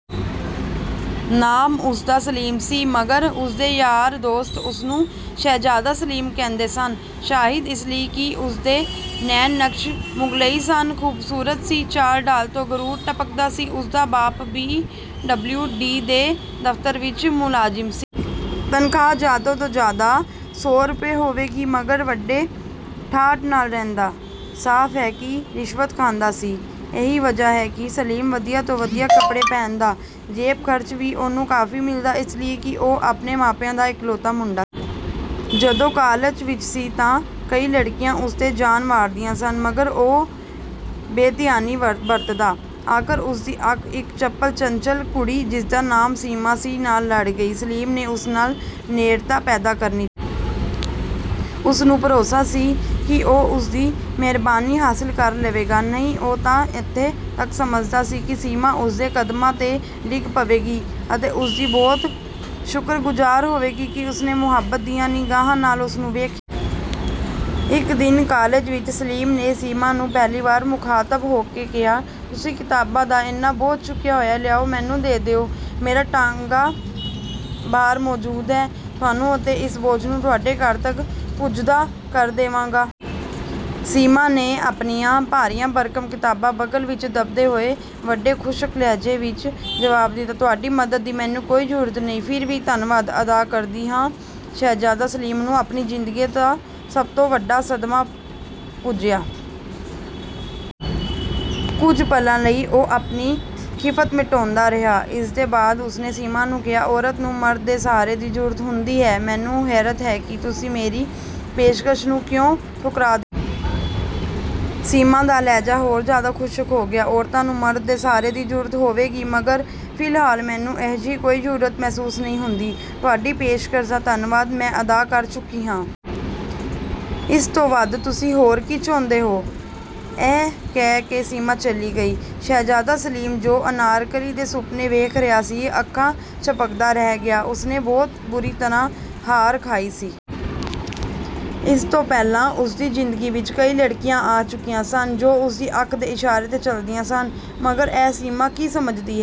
ਨਾਮ ਉਸਦਾ ਸਲੀਮ ਸੀ ਮਗਰ ਉਸਦੇ ਯਾਰ-ਦੋਸਤ ਉਸਨੂੰ ਸ਼ਹਿਜ਼ਾਦਾ ਸਲੀਮ ਕਹਿੰਦੇ ਸਨ। ਸ਼ਾਇਦ ਇਸ ਲਈ ਕਿ ਉਸਦੇ ਨੈਣ-ਨਕਸ਼ ਮੁਗ਼ਲਈ ਸਨ, ਖ਼ੂਬਸੂਰਤ ਸੀ। ਚਾਲ-ਢਾਲ ਤੋਂ ਗ਼ਰੂਰ ਟਪਕਦਾ ਸੀ। ਉਸਦਾ ਬਾਪ ਪੀ.ਡਬਲਿਊ.ਡੀ ਦੇ ਦਫ਼ਤਰ ਵਿੱਚ ਮੁਲਾਜ਼ਿਮ ਸੀ। ਤਨਖ਼ਾਹ ਜ਼ਿਆਦਾ ਤੋਂ ਜ਼ਿਆਦਾ ਸੌ ਰੁਪਏ ਹੋਵੇਗੀ ਮਗਰ ਵੱਡੇ ਠਾਟ ਨਾਲ਼ ਰਹਿੰਦਾ, ਸਾਫ਼ ਹੈ ਕਿ ਰਿਸ਼ਵਤ ਖਾਂਦਾ ਸੀ। ਇਹੀ ਵਜ੍ਹਾ ਹੈ ਕਿ ਸਲੀਮ ਵਧੀਆ ਤੋਂ ਵਧੀਆ ਕੱਪੜੇ ਪਹਿਨਦਾ। ਜੇਬ ਖ਼ਰਚ ਵੀ ਉਹਨੂੰ ਕਾਫ਼ੀ ਮਿਲਦਾ ਇਸ ਲਈ ਕਿ ਉਹ ਆਪਣੇ ਮਾਪਿਆਂ ਦਾ ਇਕਲੌਤਾ ਮੁੰਡਾ ਸੀ। ਜਦੋਂ ਕਾਲਜ ਵਿੱਚ ਸੀ ਤਾਂ ਕਈ ਲੜਕੀਆਂ ਉਸ 'ਤੇ ਜਾਨ ਵਾਰਦੀਆਂ ਸਨ ਮਗਰ ਉਹ ਬੇਧਿਆਨੀ ਬਰਤਦਾ। ਆਖ਼ਰ ਉਸ ਦੀ ਅੱਖ ਇੱਕ ਚਪਲ-ਚੰਚਲ ਕੁੜੀ, ਜਿਸਦਾ ਨਾਮ ਸੀਮਾ ਸੀ, ਨਾਲ਼ ਲੜ ਗਈ। ਸਲੀਮ ਨੇ ਉਸ ਨਾਲ਼ ਨੇੜਤਾ ਪੈਦਾ ਕਰਨੀ ਚਾਹੀ। ਉਸਨੂੰ ਭਰੋਸਾ ਸੀ ਕਿ ਉਹ ਉਸਦੀ ਮਿਹਰਬਾਨੀ ਹਾਸਲ ਕਰ ਲਵੇਗਾ। ਨਹੀਂ, ਉਹ ਤਾਂ ਇੱਥੇ ਤੱਕ ਸਮਝਦਾ ਸੀ ਕਿ ਸੀਮਾ ਉਸਦੇ ਕਦਮਾਂ 'ਤੇ ਡਿੱਗ ਪਵੇਗੀ ਅਤੇ ਉਸਦੀ ਬਹੁਤ ਸ਼ੁਕਰਗੁਜ਼ਾਰ ਹੋਵੇਗੀ ਕਿ ਉਸ ਨੇ ਮੁਹੱਬਤ ਦੀਆਂ ਨਿਗਾਹਾਂ ਨਾਲ਼ ਉਸਨੂੰ ਵੇਖਿਆ। ਇੱਕ ਦਿਨ ਕਾਲਜ ਵਿੱਚ ਸਲੀਮ ਨੇ ਸੀਮਾ ਨੂੰ ਪਹਿਲੀ ਵਾਰ ਮੁਖ਼ਾਤਬ ਹੋ ਕੇ ਕਿਹਾ, "ਤੁਸੀਂ ਕਿਤਾਬਾਂ ਦਾ ਇੰਨਾ ਬੋਝ ਚੁੱਕਿਆ ਹੋਇਆ ਹੈ, ਲਿਆਓ ਮੈਨੂੰ ਦੇ ਦਿਓ। ਮੇਰਾ ਤਾਂਗਾ ਬਾਹਰ ਮੌਜੂਦ ਹੈ, ਤੁਹਾਨੂੰ ਅਤੇ ਇਸ ਬੋਝ ਨੂੰ ਤੁਹਾਡੇ ਘਰ ਤੱਕ ਪੁੱਜਦਾ ਕਰ ਦੇਵਾਂਗਾ।" ਸੀਮਾ ਨੇ ਆਪਣੀਆਂ ਭਾਰੀਆਂ-ਭਰਕਮ ਕਿਤਾਬਾਂ ਬਗ਼ਲ ਵਿੱਚ ਦੱਬਦੇ ਹੋਏ ਵੱਡੇ ਖੁਸ਼ਕ ਲਹਿਜੇ ਵਿੱਚ ਜਵਾਬ ਦਿੱਤਾ, "ਤੁਹਾਡੀ ਮਦਦ ਦੀ ਮੈਨੂੰ ਕੋਈ ਜ਼ਰੂਰਤ ਨਹੀਂ, ਫਿਰ ਵੀ ਧੰਨਵਾਦ ਅਦਾ ਕਰ ਦਿੰਦੀ ਹਾਂ।" ਸ਼ਹਿਜ਼ਾਦਾ ਸਲੀਮ ਨੂੰ ਆਪਣੀ ਜ਼ਿੰਦਗੀ ਦਾ ਸਭ ਤੋਂ ਵੱਡਾ ਸਦਮਾ ਪੁੱਜਿਆ। ਕੁਝ ਪਲਾਂ ਲਈ ਉਹ ਆਪਣੀ ਖ਼ਿੱਫ਼ਤ ਮਿਟਾਉਂਦਾ ਰਿਹਾ। ਇਸਦੇ ਬਾਅਦ ਉਸਨੇ ਸੀਮਾ ਨੂੰ ਕਿਹਾ, "ਔਰਤ ਨੂੰ ਮਰਦ ਦੇ ਸਹਾਰੇ ਦੀ ਜ਼ਰੂਰਤ ਹੁੰਦੀ ਹੈ, ਮੈਨੂੰ ਹੈਰਤ ਹੈ ਕਿ ਤੁਸੀਂ ਮੇਰੀ ਪੇਸ਼ਕਸ਼ ਨੂੰ ਕਿਉਂ ਠੁਕਰਾ ਦਿੱਤਾ?" ਸੀਮਾ ਦਾ ਲਹਿਜਾ ਹੋਰ ਜ਼ਿਆਦਾ ਖੁਸ਼ਕ ਹੋ ਗਿਆ "ਔਰਤਾਂ ਨੂੰ ਮਰਦ ਦੇ ਸਹਾਰੇ ਦੀ ਜ਼ਰੂਰਤ ਹੋਵੇਗੀ ਮਗਰ ਫ਼ਿਲਹਾਲ ਮੈਨੂੰ ਅਜਿਹੀ ਕੋਈ ਜ਼ਰੂਰਤ ਮਹਿਸੂਸ ਨਹੀਂ ਹੁੰਦੀ। ਤੁਹਾਡੀ ਪੇਸ਼ਕਸ਼ ਦਾ ਧੰਨਵਾਦ ਮੈਂ ਅਦਾ ਕਰ ਚੁੱਕੀ ਹਾਂ। ਇਸ ਤੋਂ ਵੱਧ ਤੁਸੀਂ ਹੋਰ ਕੀ ਚਾਹੁੰਦੇ ਹੋ?"ਇਹ ਕਹਿ ਕੇ ਸੀਮਾ ਚਲੀ ਗਈ। ਸ਼ਹਿਜ਼ਾਦਾ ਸਲੀਮ ਜੋ ਅਨਾਰਕਲੀ ਦੇ ਸੁਪਨੇ ਵੇਖ ਰਿਹਾ ਸੀ, ਅੱਖਾਂ ਝਪਕਦਾ ਰਹਿ ਗਿਆ। ਉਸਨੇ ਬਹੁਤ ਬੁਰੀ ਤਰ੍ਹਾਂ ਹਾਰ ਖਾਈ ਸੀ। ਇਸ ਤੋਂ ਪਹਿਲਾਂ ਉਸਦੀ ਜ਼ਿੰਦਗੀ ਵਿੱਚ ਕਈ ਲੜਕੀਆਂ ਆ ਚੁੱਕੀਆਂ ਸਨ ਜੋ ਉਸਦੀ ਅੱਖ ਦੇ ਇਸ਼ਾਰੇ 'ਤੇ ਚੱਲਦੀਆਂ ਸਨ, ਮਗਰ ਇਹ ਸੀਮਾ ਕੀ ਸਮਝਦੀ ਹੈ?